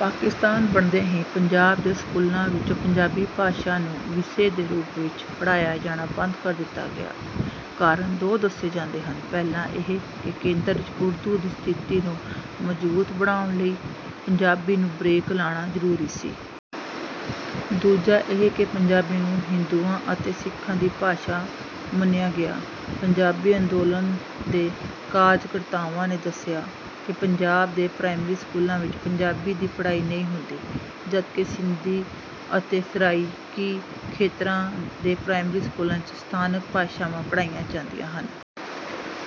ਪਾਕਿਸਤਾਨ ਬਣਦਿਆਂ ਹੀ ਪੰਜਾਬ ਦੇ ਸਕੂਲਾਂ ਵਿੱਚੋਂ ਪੰਜਾਬੀ ਭਾਸ਼ਾ ਨੂੰ ਵਿਸ਼ੇ ਦੇ ਰੂਪ ਵਿੱਚ ਪੜ੍ਹਾਇਆ ਜਾਣਾ ਬੰਦ ਕਰ ਦਿੱਤਾ ਗਿਆ। ਕਾਰਨ ਦੋ ਦੱਸੇ ਜਾਂਦੇ ਹਨ। ਪਹਿਲਾ ਇਹ ਕਿ ਕੇਂਦਰ ਵਿੱਚ ਉਰਦੂ ਦੀ ਸਥਿਤੀ ਨੂੰ ਮਜ਼ਬੂਤ ਬਣਾਉਣ ਲਈ ਪੰਜਾਬੀ ਨੂੰ 'ਬਰੇਕ' ਲਾਉਣਾ ਜ਼ਰੂਰੀ ਸੀ। ਦੂਜਾ ਇਹ ਕਿ ਪੰਜਾਬੀ ਨੂੰ ਹਿੰਦੂਆਂ ਅਤੇ ਸਿੱਖਾਂ ਦੀ ਭਾਸ਼ਾ ਮੰਨਿਆ ਗਿਆ। ਪੰਜਾਬੀ ਅੰਦੋਲਨ ਦੇ ਕਾਰਜਕਰਤਾਵਾਂ ਨੇ ਦੱਸਿਆ ਕਿ ਪੰਜਾਬ ਦੇ ਪ੍ਰਾਇਮਰੀ ਸਕੂਲਾਂ ਵਿੱਚ ਪੰਜਾਬੀ ਦੀ ਪੜ੍ਹਾਈ ਨਹੀਂ ਹੁੰਦੀ, ਜਦਕਿ ਸਿੰਧੀ ਅਤੇ ਸਰਾਈਕੀ ਖੇਤਰਾਂ ਦੇ ਪ੍ਰਾਇਮਰੀ ਸਕੂਲਾਂ ਵਿੱਚ ਸਥਾਨਕ ਭਾਸ਼ਾਵਾਂ ਪੜ੍ਹਾਈਆਂ ਜਾਂਦੀਆਂ ਹਨ।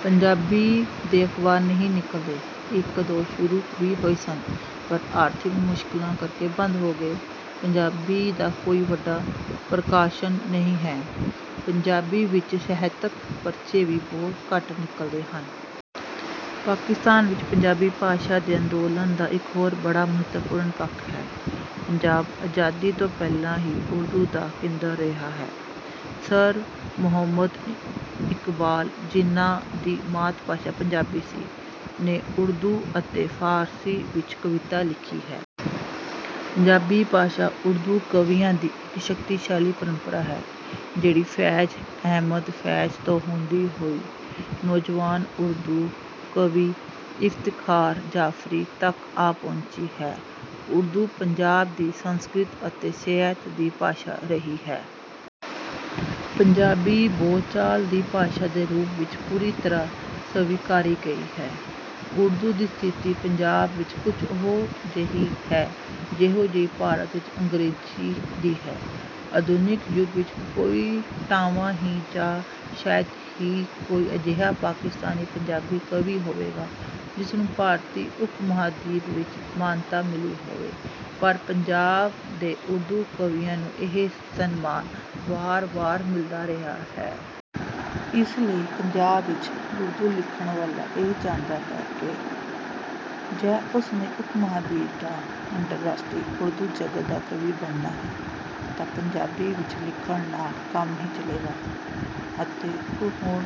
ਪੰਜਾਬੀ ਦੇ ਅਖ਼ਬਾਰ ਨਹੀਂ ਨਿਕਲਦੇ। ਇੱਕ-ਦੋ ਸ਼ੁਰੂ ਵੀ ਹੋਏ ਸਨ, ਪਰ ਆਰਥਿਕ ਮੁਸ਼ਕਲਾਂ ਕਰਕੇ ਬੰਦ ਹੋ ਗਏ। ਪੰਜਾਬੀ ਦਾ ਕੋਈ ਵੱਡਾ ਪ੍ਰਕਾਸ਼ਨ ਨਹੀਂ ਹੈ। ਪੰਜਾਬੀ ਵਿੱਚ ਸਾਹਿਤਕ ਪਰਚੇ ਵੀ ਬਹੁਤ ਘੱਟ ਨਿਕਲਦੇ ਹਨ। ਪਾਕਿਸਤਾਨ ਵਿੱਚ ਪੰਜਾਬੀ ਭਾਸ਼ਾ ਦੇ ਅੰਦੋਲਨ ਦਾ ਇੱਕ ਹੋਰ ਬੜਾ ਮਹੱਤਵਪੂਰਨ ਪੱਖ ਹੈ। ਪੰਜਾਬ ਆਜ਼ਾਦੀ ਤੋਂ ਪਹਿਲਾਂ ਹੀ ਉਰਦੂ ਦਾ ਕੇਂਦਰ ਰਿਹਾ ਹੈ। ਸਰ ਮੁਹੰਮਦ ਇਕਬਾਲ, ਜਿਹਨਾਂ ਦੀ ਮਾਤ-ਭਾਸ਼ਾ ਪੰਜਾਬੀ ਸੀ, ਨੇ ਉਰਦੂ ਅਤੇ ਫ਼ਾਰਸੀ ਵਿੱਚ ਕਵਿਤਾ ਲਿਖੀ ਹੈ। ਪੰਜਾਬੀ-ਭਾਸ਼ੀ ਉਰਦੂ ਕਵੀਆਂ ਦੀ ਇੱਕ ਸ਼ਕਤੀਸ਼ਾਲੀ ਪਰੰਪਰਾ ਹੈ ਜਿਹੜੀ ਫ਼ੈਜ਼ ਅਹਿਮਦ 'ਫ਼ੈਜ਼' ਤੋਂ ਹੁੰਦੀ ਹੋਈ ਨੌਜਵਾਨ ਉਰਦੂ ਕਵੀ ਇਫ਼ਤਿਖ਼ਾਰ ਜਾਫ਼ਰੀ ਤੱਕ ਆ ਪਹੁੰਚੀ ਹੈ। ਉਰਦੂ, ਪੰਜਾਬ ਦੀ ਸੰਸਕ੍ਰਿਤੀ ਅਤੇ ਸਾਹਿਤ ਦੀ ਭਾਸ਼ਾ ਰਹੀ ਹੈ। ਪੰਜਾਬੀ, ਬੋਲਚਾਲ ਦੀ ਭਾਸ਼ਾ ਦੇ ਰੂਪ ਵਿੱਚ ਪੂਰੀ ਤਰ੍ਹਾਂ ਸਵੀਕਾਰੀ ਗਈ ਹੈ। ਉਰਦੂ ਦੀ ਸਥਿਤੀ ਪੰਜਾਬ ਵਿੱਚ ਕੁਝ ਉਹੋ-ਜਿਹੀ ਹੈ ਜਿਹੋ-ਜਿਹੀ ਭਾਰਤ ਵਿੱਚ ਅੰਗਰੇਜ਼ੀ ਦੀ ਹੈ। ਆਧੁਨਿਕ ਯੁੱਗ ਵਿੱਚ ਕੋਈ ਟਾਵਾਂ ਹੀ ਜਾਂ ਸ਼ਾਇਦ ਹੀ ਕੋਈ ਅਜਿਹਾ ਪਾਕਿਸਤਾਨੀ ਪੰਜਾਬੀ ਕਵੀ ਹੋਵੇਗਾ ਜਿਸ ਨੂੰ ਭਾਰਤੀ ਉਪ-ਮਹਾਂਦੀਪ ਵਿੱਚ ਮਾਨਤਾ ਮਿਲੀ ਹੋਵੇ, ਪਰ ਪੰਜਾਬ ਦੇ ਉਰਦੂ ਕਵੀਆਂ ਨੂੰ ਇਹ ਸਨਮਾਨ ਵਾਰ-ਵਾਰ ਮਿਲਦਾ ਰਿਹਾ ਹੈ। ਇਸ ਲਈ ਪੰਜਾਬ ਵਿੱਚ ਉਰਦੂ ਲਿਖਣ ਵਾਲਾ ਇਹ ਜਾਣਦਾ ਹੈ ਕਿ ਜੇ ਉਸ ਨੇ ਉਪ-ਮਹਾਂਦੀਪ ਜਾਂ ਅੰਤਰਰਾਸ਼ਟਰੀ ਉਰਦੂ ਜਗਤ ਦਾ ਕਵੀ ਬਣਨਾ ਹੈ, ਤਾਂ ਪੰਜਾਬੀ ਵਿੱਚ ਲਿਖਣ ਨਾਲ ਕੰਮ ਨਹੀਂ ਚੱਲੇਗਾ ਅਤੇ ਹੁਣ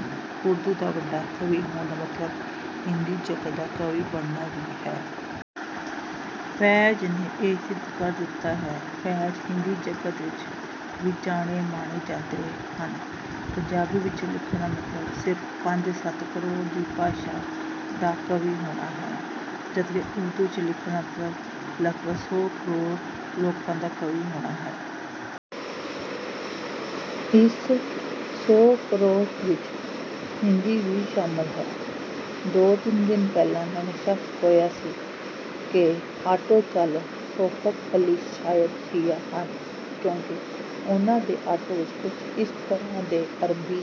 ਉਰਦੂ ਦਾ ਵੱਡਾ ਕਵੀ ਹੋਣ ਦਾ ਮਤਲਬ ਹਿੰਦੀ ਜਗਤ ਦਾ ਕਵੀ ਬਣਨਾ ਵੀ ਹੈ। 'ਫ਼ੈਜ਼' ਨੇ ਇਹ ਸਿੱਧ ਕਰ ਦਿੱਤਾ ਹੈ। 'ਫ਼ੈਜ਼' ਹਿੰਦੀ ਜਗਤ ਵਿੱਚ ਵੀ ਜਾਣੇ-ਮਾਣੇ ਜਾਂਦੇ ਹਨ। ਪੰਜਾਬੀ ਵਿੱਚ ਲਿਖਣ ਦਾ ਮਤਲਬ ਸਿਰਫ਼ ਪੰਜ-ਸੱਤ ਕਰੋੜ ਦੀ ਭਾਸ਼ਾ ਦਾ ਕਵੀ ਹੋਣਾ ਹੈ, ਜਦਕਿ ਉਰਦੂ ਵਿੱਚ ਲਿਖਣ ਦਾ ਮਤਲਬ ਲਗਭਗ ਸੌ ਕਰੋੜ ਲੋਕਾਂ ਦਾ ਕਵੀ ਹੋਣਾ ਹੈ। ਇਸ ਸੌ ਕਰੋੜ ਵਿੱਚ ਹਿੰਦੀ ਵੀ ਸ਼ਾਮਲ ਹੈ। ਦੋ-ਤਿੰਨ ਦਿਨ ਪਹਿਲਾਂ ਮੈਨੂੰ ਸ਼ੱਕ ਹੋਇਆ ਸੀ ਕਿ ਆਟੋ ਚਾਲਕ ਸ਼ੌਕਤ ਅਲੀ ਸ਼ਾਇਦ ਸ਼ੀਆ ਹਨ ਕਿਉਂਕਿ ਉਹਨਾਂ ਦੇ ਆਟੋ ਵਿੱਚ ਕੁਝ ਇਸ ਤਰ੍ਹਾਂ ਦੇ ਅਰਬੀ